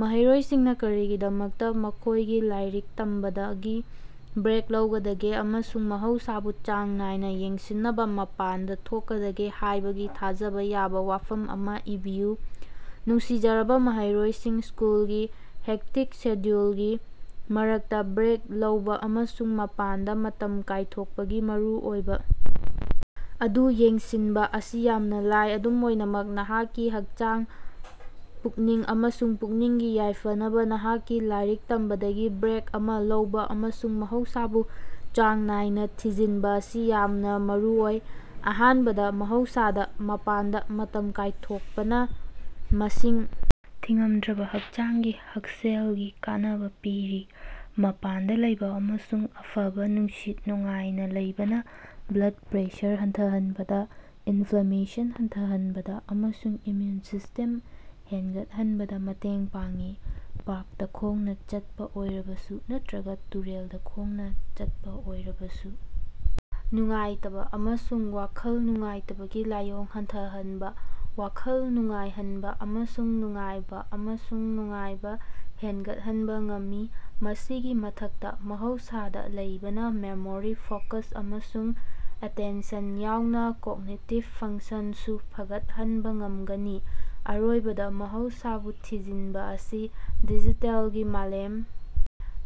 ꯃꯍꯩꯔꯣꯏꯁꯤꯡꯅ ꯀꯔꯤꯒꯤꯗꯃꯛꯇ ꯃꯈꯣꯏꯒꯤ ꯂꯥꯏꯔꯤꯛ ꯇꯝꯕꯗꯒꯤ ꯕ꯭ꯔꯦꯛ ꯂꯧꯒꯗꯒꯦ ꯑꯃꯁꯨꯡ ꯃꯍꯧꯁꯥꯕꯨ ꯆꯥꯡ ꯅꯥꯏꯅ ꯌꯦꯡꯁꯤꯟꯅꯕ ꯃꯄꯥꯟꯗ ꯊꯣꯛꯀꯗꯒꯦ ꯍꯥꯏꯕꯒꯤ ꯊꯥꯖꯕ ꯌꯥꯕ ꯋꯥꯐꯝ ꯑꯃ ꯏꯕꯤꯌꯨ꯫ ꯅꯨꯡꯁꯤꯖꯔꯕ ꯃꯍꯩꯔꯣꯏꯁꯤꯡ, ꯁ꯭ꯀꯨꯜꯒꯤ ꯍꯦꯛꯇꯤꯛ ꯁꯦꯗ꯭ꯌꯨꯂꯒꯤ ꯃꯔꯛꯇꯥ ꯕ꯭ꯔꯦꯛ ꯂꯧꯕ ꯑꯃꯁꯨꯡ ꯃꯄꯥꯟꯗ ꯃꯇꯝ ꯀꯥꯏꯊꯣꯛꯄꯒꯤ ꯃꯔꯨꯑꯣꯏꯕ ꯑꯗꯨ ꯌꯦꯡꯁꯤꯟꯕ ꯑꯁꯤ ꯌꯥꯝꯅ ꯂꯥꯏ꯫ ꯑꯗꯨꯝ ꯑꯣꯏꯅꯃꯛ, ꯅꯍꯥꯛꯀꯤ ꯍꯛꯆꯥꯡ, ꯄꯨꯛꯅꯤꯡ ꯑꯃꯁꯨꯡ ꯄꯨꯛꯅꯤꯡꯒꯤ ꯌꯥꯏꯐꯅꯕꯥ ꯅꯍꯥꯛꯀꯤ ꯂꯥꯏꯔꯤꯛ ꯇꯝꯕꯗꯒꯤ ꯕ꯭ꯔꯦꯛ ꯑꯃꯥ ꯂꯧꯕ ꯑꯃꯁꯨꯡ ꯃꯍꯧꯁꯥꯕꯨ ꯆꯥꯡ ꯅꯥꯏꯅꯥ ꯊꯤꯖꯤꯟꯕ ꯑꯁꯤ ꯌꯥꯝꯅ ꯃꯔꯨꯑꯣꯏ꯫ ꯑꯍꯥꯟꯕꯗ, ꯃꯍꯧꯁꯥꯗ ꯃꯄꯥꯟꯗ ꯃꯇꯝ ꯀꯥꯏꯊꯣꯛꯄꯅ ꯃꯁꯤꯡ ꯊꯤꯉꯝꯗ꯭ꯔꯕ ꯍꯛꯆꯥꯡꯒꯤ ꯍꯛꯁꯦꯜꯒꯤ ꯀꯥꯟꯅꯕ ꯄꯤꯔꯤ꯫ ꯃꯄꯥꯟꯗꯥ ꯂꯩꯕ ꯑꯃꯁꯨꯡ ꯑꯐꯕ ꯅꯨꯡꯁꯤꯠ ꯅꯨꯡꯉꯥꯏꯅ ꯂꯩꯕꯅ ꯕ꯭ꯂꯗ ꯄ꯭ꯔꯦꯁꯔ ꯍꯟꯊꯍꯟꯕꯗ, ꯏꯟꯐ꯭ꯂꯦꯃꯦꯁꯟ ꯍꯟꯊꯍꯟꯕꯗ ꯑꯃꯁꯨꯡ ꯏꯝꯃ꯭ꯌꯨꯟ ꯁꯤꯁꯇꯦꯝ ꯍꯦꯟꯒꯠꯍꯟꯕꯗ ꯃꯇꯦꯡ ꯄꯥꯡꯏ꯫ ꯄꯥꯔꯛꯇꯥ ꯈꯣꯡꯅ ꯆꯠꯄ ꯑꯣꯏꯔꯕꯁꯨ ꯅꯠꯇ꯭ꯔꯒ ꯇꯨꯔꯦꯜꯗ ꯈꯣꯡꯅ ꯆꯠꯄꯥ ꯑꯣꯏꯔꯕꯁꯨ, ꯅꯨꯡꯉꯥꯏꯇꯕ ꯑꯃꯁꯨꯡ ꯋꯥꯈꯜ ꯅꯨꯡꯉꯥꯏꯇꯕꯒꯤ ꯂꯥꯏꯑꯣꯡ ꯍꯟꯊꯍꯟꯕ, ꯋꯥꯈꯜ ꯅꯨꯡꯉꯥꯏꯍꯅꯕꯥ ꯑꯃꯁꯨꯡ ꯅꯨꯡꯉꯥꯏꯕꯥ ꯑꯃꯁꯨꯡ ꯅꯨꯡꯉꯥꯏꯕꯥ ꯍꯦꯟꯒꯠꯍꯟꯕ ꯉꯝꯃꯤ꯫ ꯃꯁꯤꯒꯤ ꯃꯊꯛꯇ, ꯃꯍꯧꯁꯥꯗꯥ ꯂꯩꯕꯅꯥ ꯃꯦꯃꯣꯔꯤ, ꯐꯣꯀꯁ ꯑꯃꯁꯨꯡ ꯑꯦꯇꯦꯟꯁꯟ ꯌꯥꯎꯅ ꯀꯣꯒꯅꯤꯇꯤꯕ ꯐꯪꯁꯟꯁꯨ ꯐꯒꯠꯍꯟꯕ ꯉꯝꯒꯅꯤ꯫ ꯑꯔꯣꯏꯕꯗ ꯃꯍꯧꯁꯥꯕꯨ ꯊꯤꯖꯤꯟꯕ ꯑꯁꯤ ꯗꯤꯖꯤꯇꯦꯜꯒꯤ ꯃꯥꯂꯦꯝ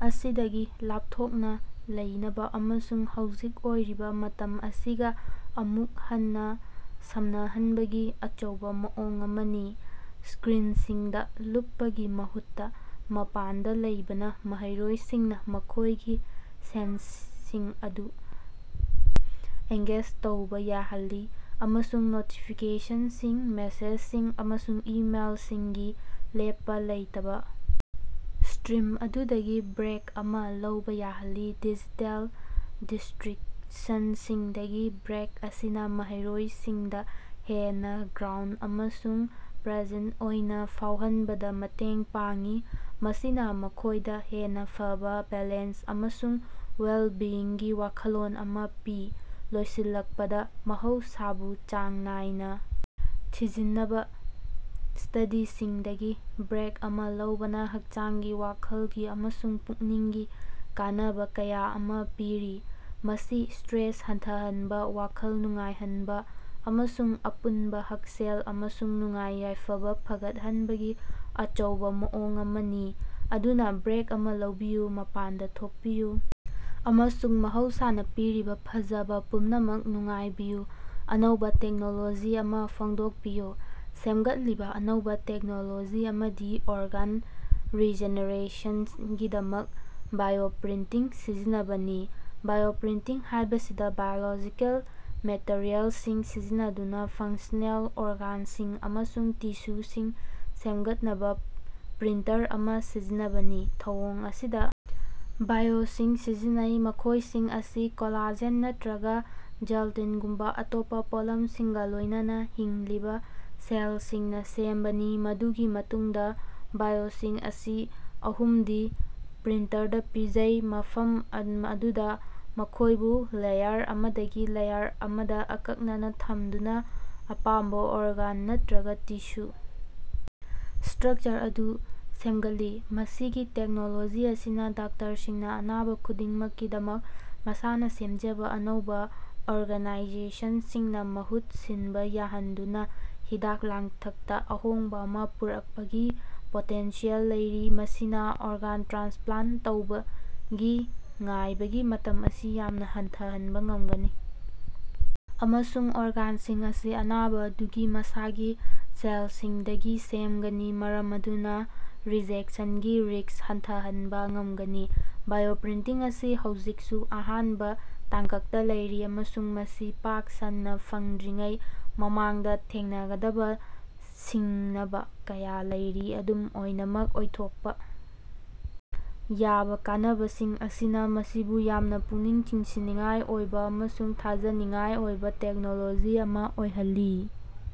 ꯑꯁꯤꯗꯒꯤ ꯂꯥꯞꯊꯣꯛꯅ ꯂꯩꯅꯕ ꯑꯃꯁꯨꯡ ꯍꯧꯖꯤꯛ ꯑꯣꯏꯔꯤꯕ ꯃꯇꯝ ꯑꯁꯤꯒ ꯑꯃꯨꯛ ꯍꯟꯅ ꯁꯝꯅꯍꯟꯕꯒꯤ ꯑꯆꯧꯕ ꯃꯑꯣꯡ ꯑꯃꯅꯤ꯫ ꯁ꯭ꯀꯔꯤꯟꯁꯤꯡꯗ ꯂꯨꯞꯄꯒꯤ ꯃꯍꯨꯠꯇ ꯃꯄꯥꯟꯗ ꯂꯩꯕꯅ ꯃꯍꯩꯔꯣꯏꯁꯤꯡꯅ ꯃꯈꯣꯏꯒꯤ ꯁꯦꯟꯁꯁꯤꯡ ꯑꯗꯨ ꯑꯦꯡꯒꯦꯖ ꯇꯧꯕ ꯌꯥꯍꯜꯂꯤ ꯑꯃꯁꯨꯡ ꯅꯣꯇꯤꯐꯤꯀꯦꯁꯟꯁꯤꯡ, ꯃꯦꯁꯦꯖꯁꯤꯡ ꯑꯃꯁꯨꯡ ꯏꯃꯦꯜꯁꯤꯡꯒꯤ ꯂꯦꯞꯄ ꯂꯩꯇꯕ ꯁ꯭ꯇꯔꯤꯝ ꯑꯗꯨꯗꯒꯤ ꯕ꯭ꯔꯦꯛ ꯑꯃ ꯂꯧꯕ ꯌꯥꯍꯜꯂꯤ꯫ ꯗꯤꯖꯤꯇꯦꯜ ꯗꯤꯁꯇ꯭ꯔꯤꯛꯁꯟꯁꯤꯡꯗꯒꯤ ꯕ꯭ꯔꯦꯛ ꯑꯁꯤꯅ ꯃꯍꯩꯔꯣꯏꯁꯤꯡꯗ ꯍꯦꯟꯅ ꯒ꯭ꯔꯥꯎꯟꯗ ꯑꯃꯁꯨꯡ ꯄ꯭ꯔꯦꯖꯦꯟꯇ ꯑꯣꯏꯅ ꯐꯥꯎꯍꯟꯕꯗ ꯃꯇꯦꯡ ꯄꯥꯡꯏ, ꯃꯁꯤꯅ ꯃꯈꯣꯏꯗ ꯍꯦꯟꯅ ꯐꯕꯥ ꯕꯦꯂꯦꯟꯁ ꯑꯃꯁꯨꯡ ꯋꯦꯜꯕꯤꯡꯒꯤ ꯋꯥꯈꯜꯂꯣꯟ ꯑꯃ ꯄꯤ꯫ ꯂꯣꯏꯁꯤꯜꯂꯛꯄꯗ, ꯃꯍꯧꯁꯥꯕꯨ ꯆꯥꯡ ꯅꯥꯏꯅ ꯊꯤꯖꯤꯟꯅꯕ ꯁ꯭ꯇꯗꯤꯁꯤꯡꯗꯒꯤ ꯕ꯭ꯔꯦꯛ ꯑꯃ ꯂꯧꯕꯅ ꯍꯛꯆꯥꯡꯒꯤ, ꯋꯥꯈꯜꯒꯤ ꯑꯃꯁꯨꯡ ꯄꯨꯛꯅꯤꯡꯒꯤ ꯀꯥꯟꯅꯕ ꯀꯌꯥ ꯑꯃ ꯄꯤꯔꯤ꯫ ꯃꯁꯤ ꯁ꯭ꯠꯔꯦꯁ ꯍꯟꯊꯍꯟꯕ, ꯋꯥꯈꯜ ꯅꯨꯡꯉꯥꯏꯍꯟꯕ ꯑꯃꯁꯨꯡ ꯑꯄꯨꯟꯕ ꯍꯛꯁꯦꯜ ꯑꯃꯁꯨꯡ ꯅꯨꯡꯉꯥꯏ-ꯌꯥꯏꯐꯕ ꯐꯒꯠꯍꯟꯕꯒꯤ ꯑꯆꯧꯕ ꯃꯑꯣꯡ ꯑꯃꯅꯤ꯫ ꯑꯗꯨꯅꯥ, ꯕ꯭ꯔꯦꯛ ꯑꯃꯥ ꯂꯧꯕꯤꯌꯨ, ꯃꯄꯥꯟꯗ ꯊꯣꯛꯄꯤꯌꯨ, ꯑꯃꯁꯨꯡ ꯃꯍꯧꯁꯥꯅ ꯄꯤꯔꯤꯕ ꯐꯖꯕ ꯄꯨꯝꯅꯃꯛ ꯅꯨꯡꯉꯥꯏꯕꯤꯌꯨ꯫ ꯑꯅꯧꯕ ꯇꯦꯛꯅꯣꯂꯣꯖꯤ ꯑꯃ ꯐꯣꯡꯗꯣꯛꯄꯤꯌꯨ꯫ ꯁꯦꯝꯒꯠꯂꯤꯕ ꯑꯅꯧꯕꯥ ꯇꯦꯛꯅꯣꯂꯣꯖꯤ ꯑꯃꯗꯤ ꯑꯣꯔꯒꯥꯟ ꯔꯤꯖꯦꯅꯦꯔꯦꯁꯟꯒꯤꯗꯃꯛ ꯕꯥꯏꯑꯣꯄ꯭ꯔꯤꯟꯇꯤꯡ ꯁꯤꯖꯤꯟꯅꯕꯅꯤ꯫ ꯕꯥꯏꯑꯣꯄ꯭ꯔꯤꯟꯇꯤꯡ ꯍꯥꯏꯕꯁꯤꯗ ꯕꯥꯏꯑꯣꯂꯣꯖꯤꯀꯦꯜ ꯃꯦꯇꯔꯤꯑꯦꯜꯁꯤꯡ ꯁꯤꯖꯤꯟꯅꯗꯨꯅ ꯐꯪꯁꯅꯦꯜ ꯑꯣꯔꯒꯥꯟꯁꯤꯡ ꯑꯃꯁꯨꯡ ꯇꯤꯁꯨꯁꯤꯡ ꯁꯦꯝꯒꯠꯅꯕ ꯄ꯭ꯔꯤꯟꯇꯔ ꯑꯃ ꯁꯤꯖꯤꯟꯅꯕꯅꯤ꯫ ꯊꯧꯑꯣꯡ ꯑꯁꯤꯗ ꯕꯥꯏꯑꯣꯏꯥꯁꯤꯡ ꯁꯤꯖꯤꯟꯅꯩ, ꯃꯈꯣꯏꯁꯤꯡ ꯑꯁꯤ ꯀꯣꯂꯥꯖꯦꯟ ꯅꯠꯇ꯭ꯔꯒ ꯖꯦꯜꯇꯤꯟꯒꯨꯝꯕ ꯑꯇꯣꯞꯄ ꯄꯣꯠꯂꯝꯁꯤꯡꯒ ꯂꯣꯏꯅꯅ ꯍꯤꯡꯂꯤꯕ ꯁꯦꯜꯁꯤꯡꯅ ꯁꯦꯝꯕꯅꯤ꯫ ꯃꯗꯨꯒꯤ ꯃꯇꯨꯡꯗꯥ ꯕꯥꯏꯑꯣꯏꯁꯤꯡ ꯑꯁꯤ ꯑꯍꯨꯝꯗꯤ ꯄ꯭ꯔꯤꯟꯇꯔꯗ ꯄꯤꯖꯩ, ꯃꯐꯝ ꯑꯗꯨꯗ ꯃꯈꯣꯏꯕꯨ ꯂꯦꯌꯔ ꯑꯃꯗꯒꯤ ꯂꯦꯌꯔ ꯑꯃꯗꯥ ꯑꯀꯛꯅꯅ ꯊꯝꯗꯨꯅ ꯑꯄꯥꯝꯕ ꯑꯣꯔꯒꯥꯟ ꯅꯠꯇ꯭ꯔꯒ ꯇꯤꯁꯨ ꯁꯇ꯭ꯔꯛꯆꯔ ꯑꯗꯨ ꯁꯦꯝꯒꯠꯂꯤ꯫ ꯃꯁꯤꯒꯤ ꯇꯦꯛꯅꯣꯂꯣꯖꯤ ꯑꯁꯤꯅꯥ ꯗꯣꯛꯇꯔꯁꯤꯡꯅꯥ ꯑꯅꯥꯕꯥ ꯈꯨꯗꯤꯡꯃꯛꯀꯤꯗꯃꯛ ꯃꯁꯥꯅꯥ ꯁꯦꯝꯖꯕ ꯑꯅꯧꯕ ꯑꯣꯔꯒꯅꯥꯏꯖꯦꯁꯟꯁꯤꯡꯅ ꯃꯍꯨꯠ ꯁꯤꯟꯕ ꯌꯥꯍꯟꯗꯨꯅ ꯍꯤꯗꯥꯛ ꯂꯥꯡꯊꯛꯇ ꯑꯍꯣꯡꯕ ꯑꯃ ꯄꯨꯔꯛꯄꯒꯤ ꯄꯣꯇꯦꯟꯁꯤꯌꯦꯜ ꯂꯩꯔꯤ꯫ ꯃꯁꯤꯅ ꯑꯣꯔꯒꯥꯟ ꯇ꯭ꯔꯥꯟꯁꯄ꯭ꯂꯥꯟꯇ ꯇꯧꯕꯒꯤ ꯉꯥꯏꯕꯒꯤ ꯃꯇꯝ ꯑꯁꯤ ꯌꯥꯝꯅ ꯍꯟꯊꯍꯟꯕ ꯉꯝꯒꯅꯤ ꯑꯃꯁꯨꯡ ꯑꯣꯔꯒꯥꯟꯁꯤꯡ ꯑꯁꯤ ꯑꯅꯥꯕ ꯑꯗꯨꯒꯤ ꯃꯁꯥꯒꯤ ꯁꯦꯜꯁꯤꯡꯗꯒꯤ ꯁꯦꯝꯒꯅꯤ ꯃꯔꯝ ꯑꯗꯨꯅ ꯔꯤꯖꯦꯛꯁꯟꯒꯤ ꯔꯤꯁ꯭ꯛ ꯍꯟꯊꯍꯟꯕ ꯉꯝꯒꯅꯤ꯫ ꯕꯥꯏꯑꯣꯄ꯭ꯔꯤꯟꯇꯤꯡ ꯑꯁꯤ ꯍꯧꯖꯤꯛꯁꯨ ꯑꯍꯥꯟꯕ ꯇꯥꯡꯀꯛꯇ ꯂꯩꯔꯤ ꯑꯃꯁꯨꯡ ꯃꯁꯤ ꯄꯥꯛ ꯁꯟꯅ ꯐꯪꯗ꯭ꯔꯤꯉꯩ ꯃꯃꯥꯡꯗ ꯊꯦꯡꯅꯒꯗꯕ ꯁꯤꯡꯅꯕ ꯀꯌꯥ ꯂꯩꯔꯤ꯫ ꯑꯗꯨꯝ ꯑꯣꯏꯅꯃꯛ, ꯑꯣꯏꯊꯣꯛꯄ ꯌꯥꯕ ꯀꯥꯟꯅꯕꯁꯤꯡ ꯑꯁꯤꯅ ꯃꯁꯤꯕꯨ ꯌꯥꯝꯅ ꯄꯨꯛꯅꯤꯡ ꯆꯤꯡꯁꯤꯟꯅꯤꯡꯉꯥꯏ ꯑꯣꯏꯕ ꯑꯃꯁꯨꯡ ꯊꯥꯖꯅꯤꯡꯉꯥꯏ ꯑꯣꯏꯕ ꯇꯦꯛꯅꯣꯂꯣꯖꯤ ꯑꯃ ꯑꯣꯏꯍꯜꯂꯤ꯫